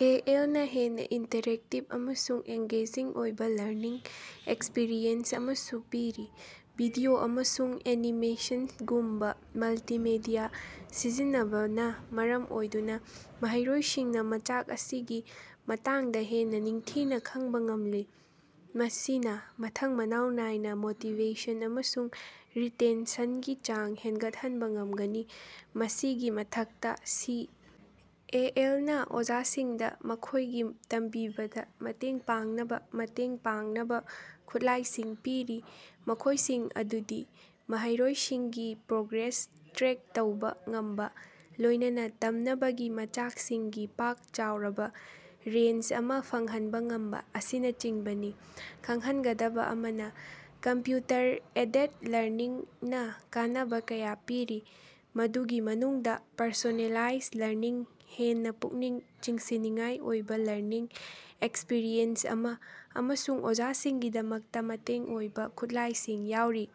ꯑꯦ. L. ꯅꯥ ꯍꯦꯟꯅꯥ ꯏꯟꯇꯔꯦꯛꯇꯤꯕ ꯑꯃꯁꯨꯡ ꯑꯦꯡꯒꯦꯖꯤꯡ ꯑꯣꯏꯕ ꯂꯔꯅꯤꯡ ꯑꯦꯛꯁꯄꯤꯔꯤꯑꯦꯟꯁ ꯑꯃꯁꯨ ꯄꯤꯔꯤ꯫ ꯚꯤꯗꯤꯑꯣ ꯑꯃꯁꯨꯡ ꯑꯦꯅꯤꯃꯦꯁꯟꯒꯨꯝꯕ ꯃꯜꯇꯤꯃꯦꯗꯤꯌ ꯁꯤꯖꯤꯟꯅꯕꯅ ꯃꯔꯝ ꯑꯣꯏꯗꯨꯅ ꯃꯍꯩꯔꯣꯏꯁꯤꯡꯅꯥ ꯃꯆꯥꯛ ꯑꯁꯤꯒꯤ ꯃꯇꯥꯡꯗꯥ ꯍꯦꯟꯅꯥ ꯅꯤꯡꯊꯤꯅꯥ ꯈꯪꯕꯥ ꯉꯝꯂꯤ꯫ ꯃꯁꯤꯅꯥ ꯃꯊꯪ ꯃꯅꯥꯎ ꯅꯥꯏꯅ ꯃꯣꯇꯤꯕꯦꯁꯟ ꯑꯃꯁꯨꯡ ꯔꯤꯇꯦꯟꯁꯟꯒꯤ ꯆꯥꯡ ꯍꯦꯟꯒꯠꯍꯟꯕꯥ ꯉꯝꯒꯅꯤ꯫ ꯃꯁꯤꯒꯤ ꯃꯊꯛꯇꯥ, ꯁꯤ. ꯑꯦ. ꯑꯦꯜ. ꯅꯥ ꯑꯣꯖꯥꯁꯤꯡꯗ ꯃꯈꯣꯏꯒꯤ ꯇꯝꯕꯤꯕꯗ ꯃꯇꯦꯡ ꯄꯥꯡꯅꯕꯥ ꯃꯇꯦꯡ ꯄꯥꯡꯅꯕꯥ ꯈꯨꯠꯂꯥꯏꯁꯤꯡ ꯄꯤꯔꯤ, ꯃꯈꯣꯏꯁꯤꯡ ꯑꯗꯨꯗꯤ ꯃꯍꯩꯔꯣꯏꯁꯤꯡꯒꯤ ꯄ꯭ꯔꯣꯒ꯭ꯔꯦꯁ ꯇ꯭ꯔꯦꯛ ꯇꯧꯕꯥ ꯉꯝꯕꯥ, ꯂꯣꯏꯅꯅ ꯇꯝꯅꯕꯒꯤ ꯃꯆꯥꯛꯁꯤꯡꯒꯤ ꯄꯥꯛ ꯆꯥꯎꯔꯕꯥ ꯔꯦꯟꯖ ꯑꯃ ꯐꯪꯍꯟꯕ ꯉꯝꯕ ꯑꯁꯤꯅꯆꯤꯡꯕꯅꯤ꯫ ꯈꯪꯖꯤꯟꯒꯗꯕꯥ ꯑꯃꯅꯥ, ꯀꯝꯄ꯭ꯌꯨꯇꯔ-ꯑꯦꯗꯦꯗ ꯂꯔꯅꯤꯡꯅ ꯀꯥꯟꯅꯕ ꯀꯌꯥ ꯄꯤꯔꯤ, ꯃꯗꯨꯒꯤ ꯃꯅꯨꯡꯗꯥ ꯄꯔꯁꯣꯅꯦꯂꯥꯏꯖ ꯂꯔꯅꯤꯡ, ꯍꯦꯟꯅꯥ ꯄꯨꯛꯅꯤꯡ ꯆꯤꯡꯁꯤꯟꯅꯤꯡꯉꯥꯏ ꯑꯣꯏꯕꯥ ꯂꯔꯅꯤꯡ ꯑꯦꯛꯁꯄꯤꯔꯤꯑꯦꯟꯁ ꯑꯃꯥ, ꯑꯃꯁꯨꯡ ꯑꯣꯖꯥꯁꯤꯡꯒꯤꯗꯃꯛꯇꯥ ꯃꯇꯦꯡ ꯑꯣꯏꯕꯥ ꯈꯨꯠꯂꯥꯏꯁꯤꯡ ꯌꯥꯎꯔꯤ꯫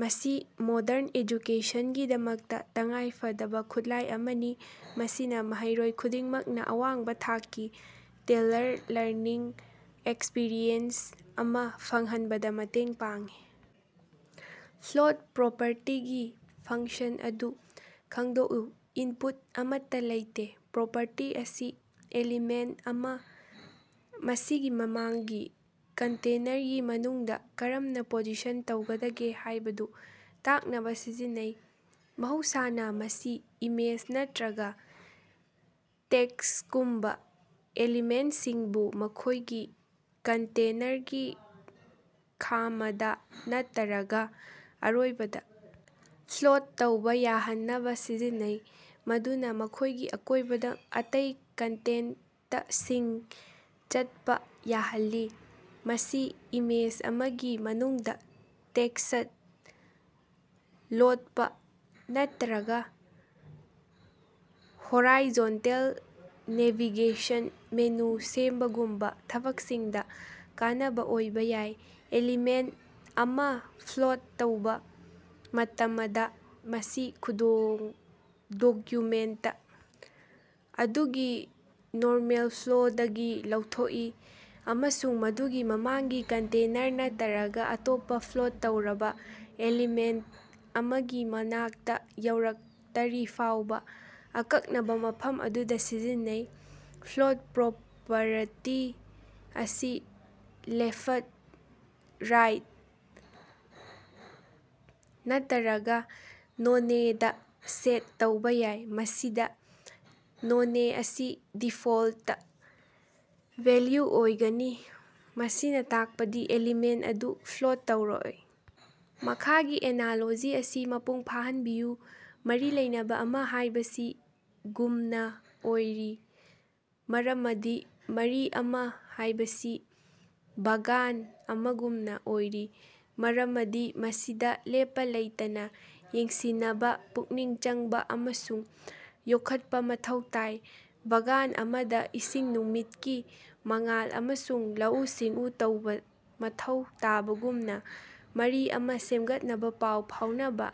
ꯃꯁꯤ ꯃꯣꯗꯔꯟ ꯑꯦꯖꯨꯀꯦꯁꯟꯒꯤꯗꯃꯛꯇꯥ ꯇꯉꯥꯏ ꯐꯗꯕꯥ ꯈꯨꯠꯂꯥꯏ ꯑꯃꯅꯤ, ꯃꯁꯤꯅꯥ ꯃꯍꯩꯔꯣꯏ ꯈꯨꯗꯤꯡꯃꯛꯅꯥ ꯑꯋꯥꯡꯕꯥ ꯊꯥꯛꯀꯤ, ꯇꯦꯜꯂꯔ ꯂꯔꯅꯤꯡ ꯑꯦꯛꯁꯄꯤꯔꯤꯑꯦꯟꯁ ꯑꯃꯥ ꯐꯪꯍꯟꯕꯗꯥ ꯃꯇꯦꯡ ꯄꯥꯡꯏ꯫। ꯐ꯭ꯂꯣꯠ ꯄ꯭ꯔꯣꯄꯔꯇꯤꯒꯤ ꯐꯪꯛꯁꯟ ꯑꯗꯨ ꯈꯪꯗꯣꯛꯎ꯫ ꯏꯟꯄꯨꯠ ꯑꯃꯠꯇꯥ ꯂꯩꯇꯦ꯫ ꯄ꯭ꯔꯣꯄꯔꯇꯤ ꯑꯁꯤ ꯑꯦꯂꯤꯃꯦꯟꯇ ꯑꯃꯅꯥ ꯃꯁꯤꯒꯤ ꯃꯃꯥꯡꯒꯤ ꯀꯟꯇꯦꯅꯔꯒꯤ ꯃꯅꯨꯡꯗꯥ ꯀꯔꯝꯅꯥ ꯄꯣꯖꯤꯁꯟ ꯇꯧꯒꯗꯒꯦ ꯍꯥꯏꯕꯗꯨ ꯇꯥꯛꯅꯕꯥ ꯁꯤꯖꯤꯟꯅꯩ꯫ ꯃꯍꯧꯁꯥꯅꯥ, ꯃꯁꯤ ꯏꯃꯦꯖ ꯅꯠꯇꯔꯒꯥ ꯇꯦꯛꯁꯇꯒꯨꯝꯕꯥ ꯑꯦꯂꯤꯃꯦꯟꯇꯁꯤꯡꯕꯨ ꯃꯈꯣꯏꯒꯤ ꯀꯟꯇꯦꯅꯔꯒꯤ ꯈꯥꯃꯗꯥ ꯅꯠꯇꯔꯒꯥ ꯑꯔꯣꯏꯕꯗꯥ "ꯐ꯭ꯂꯣꯠ" ꯇꯧꯕꯥ ꯌꯥꯍꯟꯅꯕꯥ ꯁꯤꯖꯤꯟꯅꯩ, ꯃꯗꯨꯅꯥ ꯃꯈꯣꯏꯒꯤ ꯑꯀꯣꯏꯕꯗꯥ ꯑꯇꯩ ꯀꯟꯇꯦꯟꯇꯁꯤꯡ ꯆꯠꯄꯥ ꯌꯥꯍꯜꯂꯤ꯫ ꯃꯁꯤ ꯏꯃꯦꯖ ꯑꯃꯒꯤ ꯃꯅꯨꯡꯗꯥ ꯇꯦꯛꯁꯠ ꯂꯣꯠꯄꯥ ꯅꯠꯇꯔꯒꯥ ꯍꯣꯔꯥꯏꯖꯣꯟꯇꯦꯜ ꯅꯦꯚꯤꯒꯦꯁꯟ ꯃꯦꯅꯨ ꯁꯦꯝꯕꯒꯨꯝꯕꯥ ꯊꯕꯛꯁꯤꯡꯗꯥ ꯀꯥꯟꯅꯕꯥ ꯑꯣꯏꯕꯥ ꯌꯥꯏ꯫ ꯑꯦꯂꯤꯃꯦꯟꯇ ꯑꯃꯥ ꯐ꯭ꯂꯣꯠ ꯇꯧꯕꯥ ꯃꯇꯃꯗꯥ, ꯃꯁꯤ ꯗꯣꯛꯌꯨꯃꯦꯟꯇ ꯑꯗꯨꯒꯤ ꯅꯣꯔꯃꯦꯜ ꯐ꯭ꯂꯣꯗꯒꯤ ꯂꯧꯊꯣꯛꯏ ꯑꯃꯁꯨꯡ ꯃꯗꯨꯒꯤ ꯃꯃꯥꯡꯒꯤ ꯀꯟꯇꯦꯅꯔ ꯅꯠꯇꯔꯒꯥ ꯑꯇꯣꯞꯄꯥ ꯐ꯭ꯂꯣꯠ ꯇꯧꯔꯕꯥ ꯑꯦꯂꯤꯃꯦꯟꯇ ꯑꯃꯒꯤ ꯃꯅꯥꯛꯇꯥ ꯌꯧꯔꯛꯇꯔꯤꯐꯥꯎꯕ ꯑꯀꯛꯅꯕ ꯃꯐꯝ ꯑꯗꯨꯗꯥ ꯁꯤꯖꯤꯟꯅꯩ꯫ ꯐ꯭ꯂꯣꯠ ꯄ꯭ꯔꯣꯄꯔꯇꯤ ꯑꯁꯤ "ꯂꯦꯐꯠ", "ꯔꯥꯏꯠ" ꯅꯠꯇꯔꯒꯥ "ꯅꯣꯅꯦ"ꯗꯥ ꯁꯦꯠ ꯇꯧꯕꯥ ꯌꯥꯏ, ꯃꯁꯤꯗꯥ "ꯅꯣꯅꯦ" ꯑꯁꯤ ꯗꯤꯐꯣꯜꯇ ꯚꯦꯜꯌꯨ ꯑꯣꯏꯒꯅꯤ, ꯃꯁꯤꯅꯥ ꯇꯥꯛꯄꯗꯤ ꯑꯦꯂꯤꯃꯦꯟꯇ ꯑꯗꯨ ꯐ꯭ꯂꯣꯠ ꯇꯧꯔꯣꯏ. ꯃꯈꯥꯒꯤ ꯑꯦꯅꯥꯂꯣꯖꯤ ꯑꯁꯤ ꯃꯄꯨꯡ ꯐꯥꯍꯟꯕꯤꯌꯨ: "ꯃꯔꯤ ꯂꯩꯅꯕꯥ ꯑꯃꯥ ꯍꯥꯏꯕꯁꯤ ꯒꯨꯝꯅꯥ ꯑꯣꯏꯔꯤ ꯃꯔꯃꯗꯤ ꯫" ꯃꯔꯤ ꯑꯃꯥ ꯍꯥꯏꯕꯁꯤ ꯕꯥꯒꯥꯟ ꯑꯃꯒꯨꯝꯅꯥ ꯑꯣꯏꯔꯤ ꯃꯔꯃꯗꯤ ꯃꯁꯤꯗꯥ ꯂꯦꯞꯄꯥ ꯂꯩꯇꯅꯥ ꯌꯦꯡꯁꯤꯅꯕꯥ, ꯄꯨꯛꯅꯤꯡ ꯆꯪꯕꯥ ꯑꯃꯁꯨꯡ ꯌꯣꯛꯈꯠꯄꯥ ꯃꯊꯧ ꯇꯥꯏ꯫ ꯕꯥꯒꯥꯟ ꯑꯃꯗꯥ ꯏꯁꯤꯡ, ꯅꯨꯃꯤꯠꯀꯤ ꯃꯉꯥꯜ ꯑꯃꯁꯨꯡ ꯂꯧꯎ-ꯁꯤꯡꯎ ꯇꯧꯕꯥ ꯃꯊꯧ ꯇꯥꯕꯒꯨꯝꯅꯥ, ꯃꯔꯤ ꯑꯃꯥ ꯁꯦꯝꯒꯠꯅꯕꯥ ꯄꯥꯎ ꯐꯥꯎꯅꯕꯥ,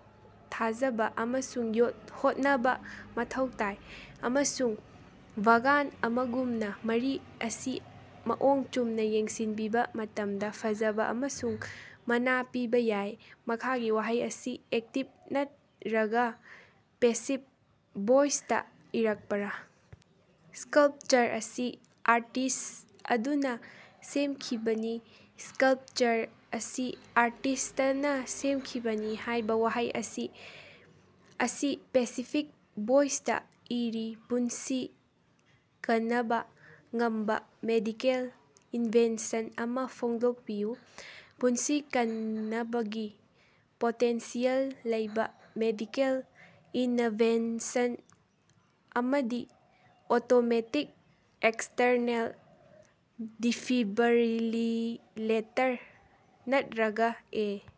ꯊꯥꯖꯕꯥ ꯑꯃꯁꯨꯡ ꯍꯣꯠꯅꯕꯥ ꯃꯊꯧ ꯇꯥꯏ꯫ ꯑꯃꯁꯨꯡ ꯕꯥꯒꯥꯟ ꯑꯃꯒꯨꯝꯅꯥ, ꯃꯔꯤ ꯑꯁꯤ ꯃꯑꯣꯡ ꯆꯨꯝꯅꯥ ꯌꯦꯡꯁꯤꯟꯕꯤꯕꯥ ꯃꯇꯝꯗ ꯐꯖꯕꯥ ꯑꯃꯁꯨꯡ ꯃꯅꯥ ꯄꯤꯕꯥ ꯌꯥꯏ꯫ ꯃꯈꯥꯒꯤ ꯋꯥꯍꯩ ꯑꯁꯤ ꯑꯦꯛꯇꯤꯕ ꯅꯠꯔꯒꯥ ꯄꯦꯁꯤꯕ ꯚꯣꯏꯁꯇꯥ ꯏꯔꯛꯄꯔꯥ? ꯁ꯭ꯀꯜꯄꯆꯔ ꯑꯁꯤ ꯑꯥꯔꯇꯤꯁ ꯑꯗꯨꯅꯥ ꯁꯦꯝꯈꯤꯕꯅꯤ꯫ "ꯁ꯭ꯀꯜꯄꯆꯔ ꯑꯁꯤ ꯑꯥꯔꯇꯤꯁꯇꯅꯥ ꯁꯦꯝꯈꯤꯕꯅꯤ" ꯍꯥꯏꯕꯥ ꯋꯥꯍꯩ ꯑꯁꯤ꯫ ꯑꯁꯤ ꯄꯦꯁꯤꯐꯤꯛ ꯚꯣꯏꯁꯇꯥ ꯏꯔꯤ꯫ ꯄꯨꯟꯁꯤ ꯀꯅꯕꯥ ꯉꯝꯕꯥ ꯃꯦꯗꯤꯀꯦꯜ ꯏꯟꯚꯦꯟꯁꯟ ꯑꯃꯥ ꯐꯣꯡꯗꯣꯛꯄꯤꯌꯨ꯫ ꯄꯨꯟꯁꯤ ꯀꯟꯅꯕꯒꯤ ꯄꯣꯇꯦꯟꯁꯤꯌꯦꯜ ꯂꯩꯕꯥ ꯃꯦꯗꯤꯀꯦꯜ ꯏꯅꯚꯦꯟꯁꯟ ꯑꯃꯗꯤ ꯑꯣꯇꯣꯃꯦꯇꯤꯛ ꯑꯦꯛꯁꯇꯔꯅꯦꯜ ꯗꯤꯐꯤꯕꯔꯤꯂꯦꯇꯔ ꯅꯠꯔꯒꯥ ꯑꯦ.